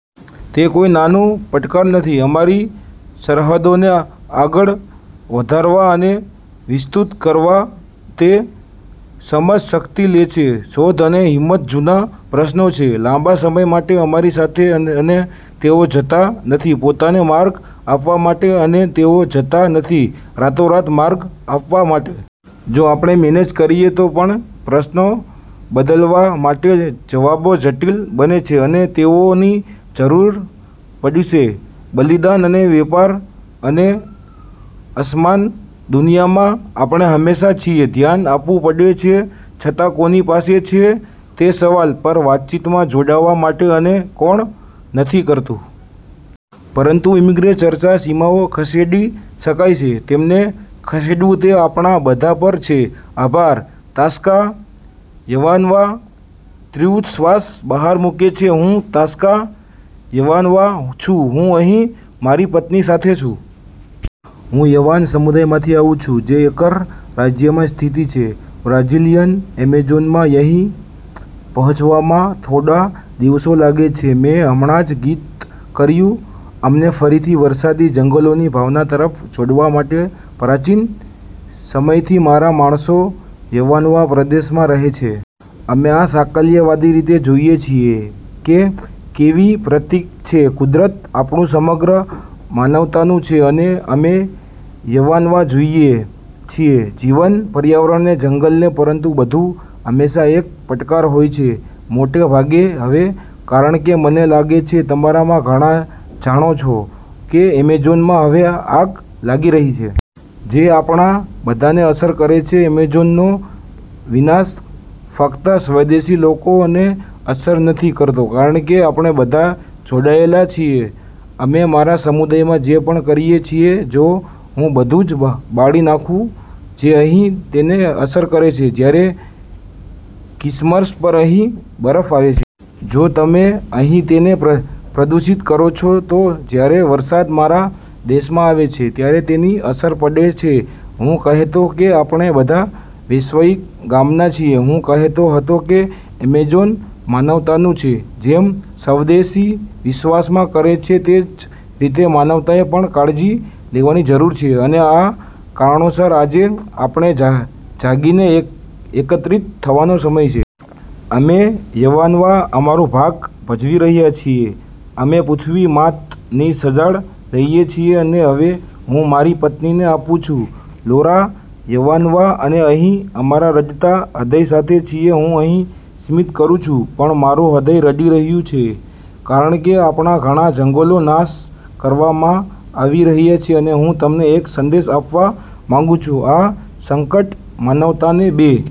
તે કોઈ નાનું પડકાર નથી અમારી સરહદોને આગળ વધારવા અને વિસ્તૃત કરવા. તે સમજશક્તિ લેશે, શોધ અને હિંમત. જૂના પ્રશ્નો છે લાંબા સમય માટે અમારી સાથે, અને તેઓ જતા નથી પોતાને માર્ગ આપવા માટે, અને તેઓ જતા નથી રાતોરાત માર્ગ આપવા માટે. જો આપણે મેનેજ કરીએ તો પણ પ્રશ્નો બદલવા માટે, જવાબો જટિલ બનશે, અને તેઓની જરૂર પડશે બલિદાન અને વેપાર. અને અસમાન દુનિયામાં, આપણે હંમેશાં છીએ ધ્યાન આપવું પડશે સત્તા કોની પાસે છે તે સવાલ પર વાતચીતમાં જોડાવા માટે અને કોણ નથી કરતું. પરંતુ ઇમિગ્રેશન ચર્ચાની સીમાઓ ખસેડી શકાય છે. તેમને ખસેડવું તે આપણા બધા પર છે. આભાર.. તાશ્કા યવાનવા તીવ્ર શ્વાસ બહાર મૂકે છે. હું તાશ્કા યવાનવા છું. હું અહીં મારી પત્ની સાથે છું. હું યવાનવા સમુદાય માંથી આવું છું, જે એકર રાજ્યમાં સ્થિત છે બ્રાઝીલીયન એમેઝોનમાં. અહીં પહોંચવામાં થોડા દિવસો લાગે છે. મેં હમણાં જ ગીત કર્યું અમને ફરીથી વરસાદી જંગલોની ભાવના તરફ જોડવા માટે પ્રાચીન સમયથી મારા માણસો યવાનાવા પ્રદેશમાં રહે છે. અમે આ સાકલ્યવાદી રીત જોઈએ છીએ કે કેવી પ્રકૃતિ છે. કુદરત, આપણુું સમગ્ર માનવતાનું છે અને અમે યવાનવા જોઈએ છીએ જીવંત પર્યાવરણને, જંગલને પરંતુ બધું હંમેશાં એક પડકાર હોય છે. મોટે ભાગે હવે કારણ કે મને લાગે છે તમારા માં ઘણા જાણો છો કે એમેઝોનમાં હવે આગ લાગી રહી છે. જે આપણા બધાને અસર કરે છે. એમેઝોનનો વિનાશ ફક્ત સ્વદેશી લોકોને અસર નથી કરતો, કારણ કે આપણે બધા જોડાયેલા છીએ. અમે મારા સમુદાયમાં જે પણ કરીએ છીએ, જો હું બધુ જ બાળી નાખું, જે અહીં તેને અસર કરશે, જ્યારે ક્રિસમસ પર અહીં બરફ આવે છે. જો તમે અહીં તેને પ્રદૂષિત કરો છો, તો જ્યારે વરસાદ મારા દેશમાં આવે છે, ત્યારે તેની અસર પડે છે. હું કહેતો કે આપણે બધા વૈશ્વિક ગામનાં છીએ. હું કહેતો હત, કે એમેઝોન માનવતાનું છે, જેમ સ્વદેશી વિશ્વમાં કરે છે તે જ રીતે માનવતાએ પણ કાળજી લેવાની જરૂર છે અને આ કારણોસર આજે આપણે જાગીને, એકત્રિત થવાનો સમય છે. અમે યવાનવા અમારું ભાગ ભજવી રહ્યા છીએ. અમે પૃથ્વી માત ની સંભાળ લઈએ છીએ. અને હવે, હું મારી પત્નીને આપું છું. લૌરા યવાનાવા: અમે અહીં અમારા રડતાં હૃદય સાથે છીએ. હું અહીં સ્મિત કરું છું, પણ મારું હૃદય રડી રહ્યો છે, કારણ કે આપણા ઘણા જંગલો નાશ કરવામાં આવી રહ્યા છે અને હું તમને એક સંદેશ આપવા માંગું છું. આ સંકટ માનવતાને બે